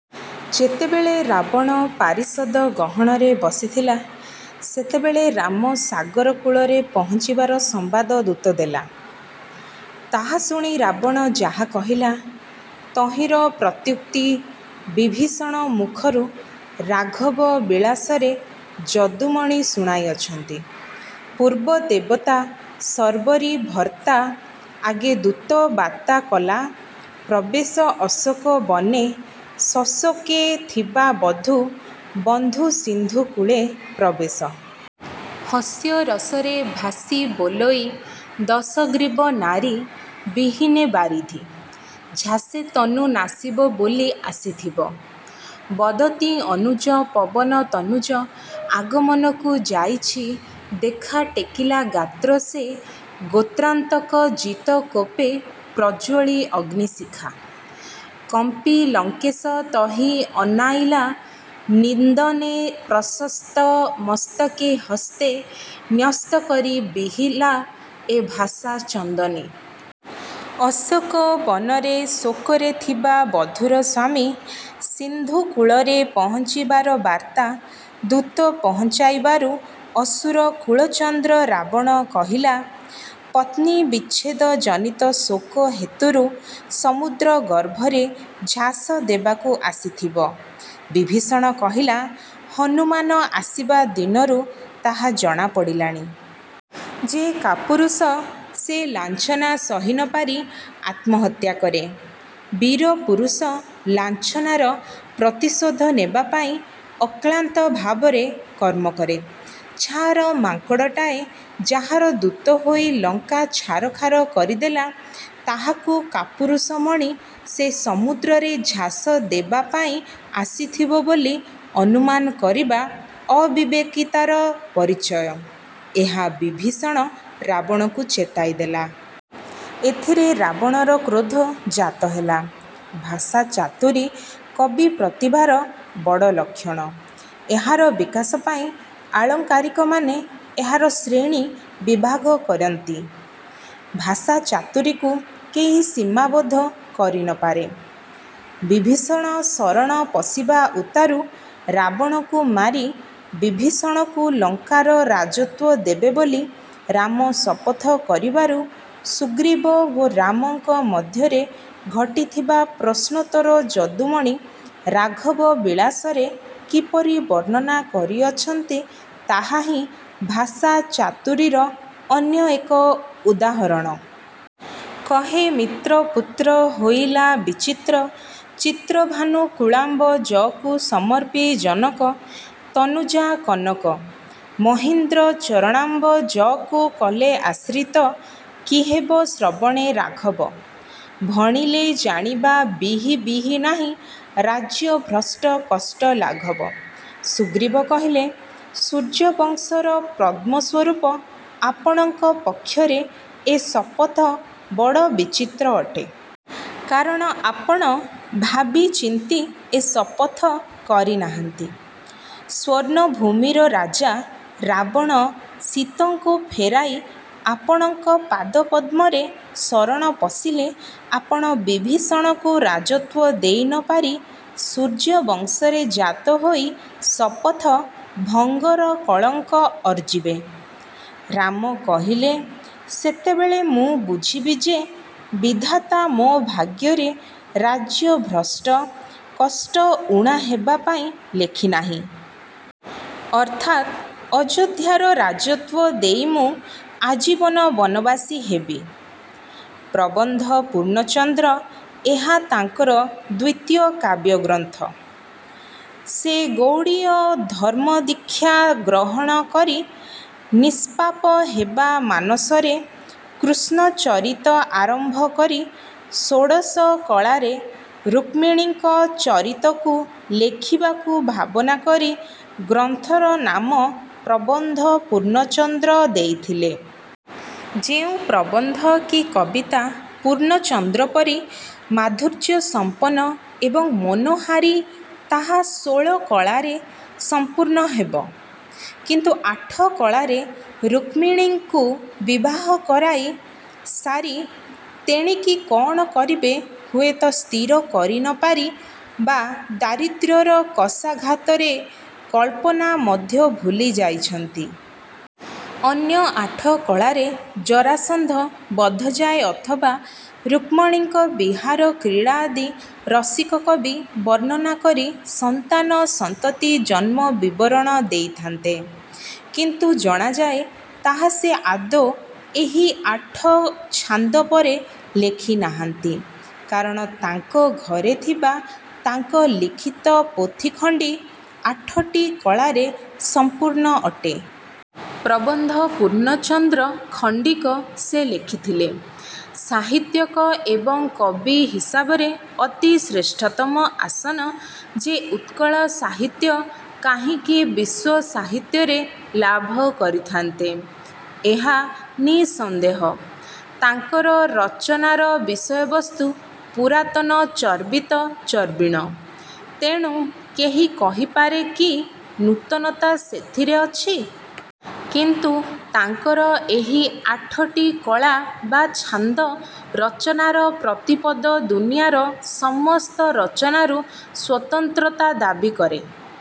ଯେତେବେଳେ ରାବଣ ପାରିଷଦଗହଣରେ ବସିଥିଲା ସେତେବେଳେ ରାମ ସାଗରକୂଳରେ ପହଞ୍ଚିବାର ସମ୍ବାଦ ଦୂତ ଦେଲା। ତାହା ଶୁଣି ରାବଣ ଯାହା କହିଲା ତହିଁର ପ୍ରତ୍ୟୁକ୍ତି ବିଭୀଷଣ ମୁଖରୁ ''ରାଘବ ବିଳାସ" ରେ ଯଦୁମଣି ଶୁଣାଇଅଛନ୍ତି- ପୂର୍ବ ଦେବତା ଶର୍ବରୀ ଭର୍ତ୍ତା ଆଗେ ଦୂତ ବାତ୍ତା କଲା ପ୍ରବେଶ ଅଶୋକ ବନେ ସଶୋକେ ଥିବା ବଧୂ− ବନ୍ଧୁ ସିନ୍ଧୁ କୂଳେ ପ୍ରବେଶ। ହାସ୍ୟ ରସରେ - ଭାସି ବୋଲଇ ଦଶଗ୍ରୀବ ନାରୀ ବିହୀନେ ବାରିଧି−ଝାସେ ତନୁ ନାଶିବ ବୋଲି ଆସିଥିବ। ବଦତି ଅନୁଜ ପବନ ତନୁଜ ଆଗମନୁ ଯାଇଛି ଦେଖା ଟେକିଲା ଗାତ୍ର ସେ ଗୋତ୍ରାନ୍ତକ ଜିତ କୋପେ ପ୍ରଜ୍ୱଳି ଅଗ୍ନିଶିଖା। କମ୍ପି ଲଙ୍କେଶ ତହି ଅନାଇଲା ନିନ୍ଦନେ ପ୍ରଶସ୍ତ ମସ୍ତକେ ହସ୍ତେ ନ୍ୟସ୍ତ କରି ବିହିଲା ଏ ଭାଷା ଚନ୍ଦନେ। ଅଶୋକ ବନରେ ଶୋକରେ ଥିବା ବଧୂର ସ୍ୱାମୀ ସିନ୍ଧୁକୂଳରେ ପହଞ୍ଚିବାର ବାର୍ତ୍ତା ଦୁତ ପହଞ୍ଚାଇବାରୁ ଅସୁର କୁଳଚନ୍ଦ୍ର ରାବଣ କହିଲା, 'ପତ୍ନୀ ବିଚ୍ଛେଦଜନିତ ଶୋକ ହେତୁରୁ ସମୁଦ୍ର ଗର୍ଭରେ ଝାସ ଦେବାକୁ ଆସିଥିବ। ' ବିଭୀଷଣ କହିଲା ''ହନୁମାନ ଆସିବା ଦିନରୁ ତାହା ଜଣା ପଡ଼ିଲାଣି। " ଯେ କାପୁରୁଷ, ସେ ଲାଞ୍ଛନା ସହି ନ ପାରି ଆତ୍ମହତ୍ୟା କରେ। ବୀର ପୁରୁଷ ଲାଞ୍ଛନାର ପ୍ରତିଶୋଧ ନେବାପାଇଁ ଅକ୍ଲାନ୍ତ ଭାବରେ କର୍ମ କରେ। ଛାର ମାଙ୍କଡ଼ଟାଏ ଯାହାର ଦୂତ ହୋଇ ଲଙ୍କା ଛାରଖାର କରିଦେଲା, ତାହାକୁ କାପୁରୁଷ ମଣି ସେ ସମୁଦ୍ରରେ ଝାସ ଦେବା ପାଇଁ ଆସିଥିବ ବୋଲି ଅନୁମାନ କରିବା ଅବିବେକିତାର ପରିଚୟ-ଏହା ବିଭୀଷଣ ରାବଣକୁ ଚେତାଇ ଦେଲା। ଏଥିରେ ରାବଣର କ୍ରୋଧ ଜାତ ହେଲା। ଭାଷା ଚାତୁରୀ କବି ପ୍ରତିଭାର ବଡ଼ ଲକ୍ଷଣ। ଏହାର ବିକାଶ ପାଇଁ ଆଳଙ୍କାରିକମାନେ ଏହାର ଶ୍ରେଣୀ ବିଭାଗ କରନ୍ତି। ଭାଷା ଚାତୁରୀକୁ କେହି ସୀମାବଦ୍ଧ କରି ନ ପାରେ। ବିଭୀଷଣ ଶରଣ ପଶିବା ଉତ୍ତାରୁ ରାବଣକୁ ମାରି ବିଭୀଷଣକୁ ଲଙ୍କାର ରାଜତ୍ୱ ଦେବେ ବୋଲି ରାମ ଶପଥ କରିବାରୁ ସୁଗ୍ରୀବ ଓ ରାମଙ୍କ ମଧ୍ୟରେ ଘଟିଥିବା ପ୍ରଶ୍ନୋତ୍ତର ଯଦୁମଣି 'ରାଘବ ବିଳାସ'ରେ କିପରି ବର୍ଣ୍ଣନା କରି ଅଛନ୍ତି, ତାହାହିଁ ଭାଷା ଚାତୁରୀର ଅନ୍ୟ ଏକ ଉଦାହରଣ। କହେ ମିତ୍ର ପୁତ୍ର ହୋଇଲା ବିଚିତ୍ର ଚିତ୍ରଭାନୁ କୁଳାମ୍ବ ଜକୁ ସମର୍ପି ଜନକ−ତନୁଜା କନକ− ମହୀନ୍ଦ୍ର ଚରଣାମ୍ବ ଜକୁ କଲେ ଆଶ୍ରିତ କି ହେବ ଶ୍ରବଣେ ରାଘବ, ଭଣିଲେ ଜାଣିବା ବିହି ବିହି ନାହିଁ ରାଜ୍ୟ ଭ୍ରଷ୍ଟ କଷ୍ଟ ଲାଘବ। ସୁଗ୍ରୀବ କହିଲେ- ''ସୂର୍ଯ୍ୟବଂଶର ପଦ୍ମସ୍ୱରୁପ ଆପଣଙ୍କ ପକ୍ଷରେ ଏ ଶପଥ ବଡ଼ ବିଚିତ୍ର ଅଟେ। କାରଣ ଆପଣ ଭାବି ଚିନ୍ତି ଏ ଶପଥ କରିନାହାନ୍ତି। ସ୍ୱର୍ଣ୍ଣଭୂମିର ରାଜା ରାବଣ ସୀତଙ୍କୁ ଫେରାଇ ଆପଣଙ୍କ ପାଦପଦ୍ମରେ ଶରଣ ପଶିଲେ ଆପଣ ବିଭୀଷଣକୁ ରାଜତ୍ୱ ଦେଇ ନ ପାରି ସୂର୍ଯ୍ୟବଂଶରେ ଜାତ ହୋଇ ଶପଥ−ଭଙ୍ଗର କଳଙ୍କ ଅର୍ଜିବେ। "ରାମ କହିଲେ, ''ସେତେବେଳେ ମୁଁ ବୁଝିବି ଯେ, ବିଧାତା ମୋ ଭାଗ୍ୟରେ ରାଜ୍ୟଭ୍ରଷ୍ଟ−କଷ୍ଟ ଊଣା ହେବା ପାଇଁ ଲେଖିନାହିଁ। ଅର୍ଥାତ୍ ଅଯୋଧ୍ୟାର ରାଜତ୍ୱ ଦେଇ ମୁଁ ଆଜୀବନ ବନବାସୀ ହେବି। " ପ୍ରବନ୍ଧ ପୂର୍ଣ୍ଣଚନ୍ଦ୍ର ଏହା ତାଙ୍କର ଦ୍ୱିତୀୟ କାବ୍ୟଗ୍ରନ୍ଥ। ସେ ଗୌଡ଼ୀୟ ଧର୍ମ୍ମଦୀକ୍ଷା ଗ୍ରହଣ କରି ନିଷ୍ପାପ ହେବା ମାନସରେ କୃଷ୍ଣ ଚରିତ ଆରମ୍ଭ କରି ଷୋଡ଼ଶ କଳାରେ ଋକ୍ମିଣୀଙ୍କ ଚରିତକୁ ଲେଖିବାକୁ ଭାବନା କରି ଗ୍ରନ୍ଥର ନାମ ପ୍ରବନ୍ଧ ପୂର୍ଣ୍ଣଚନ୍ଦ୍ର ଦେଇଥିଲେ। ଯେଉଁ ପ୍ରବନ୍ଧ କି କବିତା ପୂର୍ଣ୍ଣଚନ୍ଦ୍ର ପରି ମାଧୁର୍ଯ୍ୟସମ୍ପନ୍ନ ଏବଂ ମନୋହାରୀ, ତାହା ଷୋଳ କଳାରେ ସଂପୂର୍ଣ୍ଣ ହେବ। କିନ୍ତୁ ଆଠ କଳାରେ ରୁକ୍ମଣୀଙ୍କୁ ବିବାହ କରାଇ ସାରି ତେଣିକି କଣ କରିବେ ହୁଏତ ସ୍ଥିର କରି ନ ପାରି ବା ଦାରିଦ୍ର୍ୟର କଷାଘାତରେ କଳ୍ପନା ମଧ୍ୟ ଭୁଲି ଯାଇଛନ୍ତି। ଅନ୍ୟ ଆଠ କଳାରେ ଜରାସନ୍ଧ ବଧଯାଏ ଅଥବା ରୁକ୍ମଣୀଙ୍କ ବିହାର କ୍ରୀଡ଼ା ଆଦି ରସିକ କବି ବର୍ଣ୍ଣନା କରି ସନ୍ତାନସନ୍ତତି ଜନ୍ମ ବିବରଣ ଦେଇଥାନ୍ତେ-। କିନ୍ତୁ ଜଣାଯାଏ ତାହା ସେ ଆଦୌ ଏହି ଆଠ ଛାନ୍ଦ ପରେ ଲେଖି ନାହାନ୍ତି। କାରଣ ତାଙ୍କ ଘରେ ଥିବା ତାଙ୍କ ଲିଖିତ ପୋଥି ଖଣ୍ଡି ଆଠଟି କଳାରେ ସଂପୂର୍ଣ୍ଣ ଅଟେ। ପ୍ରବନ୍ଧ ପୂର୍ଣ୍ଣଚନ୍ଦ୍ର ଖଣ୍ଡିକ ସେ ଲେଖିଥିଲେ, ସାହିତ୍ୟକ ଏବଂ କବି ହିସାବରେ ଅତି ଶ୍ରେଷ୍ଠତମ ଆସନ ଯେ ଉତ୍କଳ ସାହିତ୍ୟ କାହିଁକି ବିଶ୍ୱ ସାହିତ୍ୟରେ ଲାଭ କରିଥାନ୍ତେ, ଏହା ନିଃସନ୍ଦେହ। ତାଙ୍କର ରଚନାର ବିଷୟବସ୍ତୁ ପୁରାତନ ଚର୍ବିତ ଚର୍ବିଣ। ତେଣୁ କେହି କହିପାରେ କି ନୂତନତା ସେଥିରେ ଅଛି? କିନ୍ତୁ ତାଙ୍କର ଏହି ଆଠଟି କଳା ବା ଛାନ୍ଦ ରଚନାର ପ୍ରତିପଦ ଦୁନିଆର ସମସ୍ତ ରଚନାରୁ ସ୍ୱତନ୍ତ୍ରତା ଦାବି କରେ।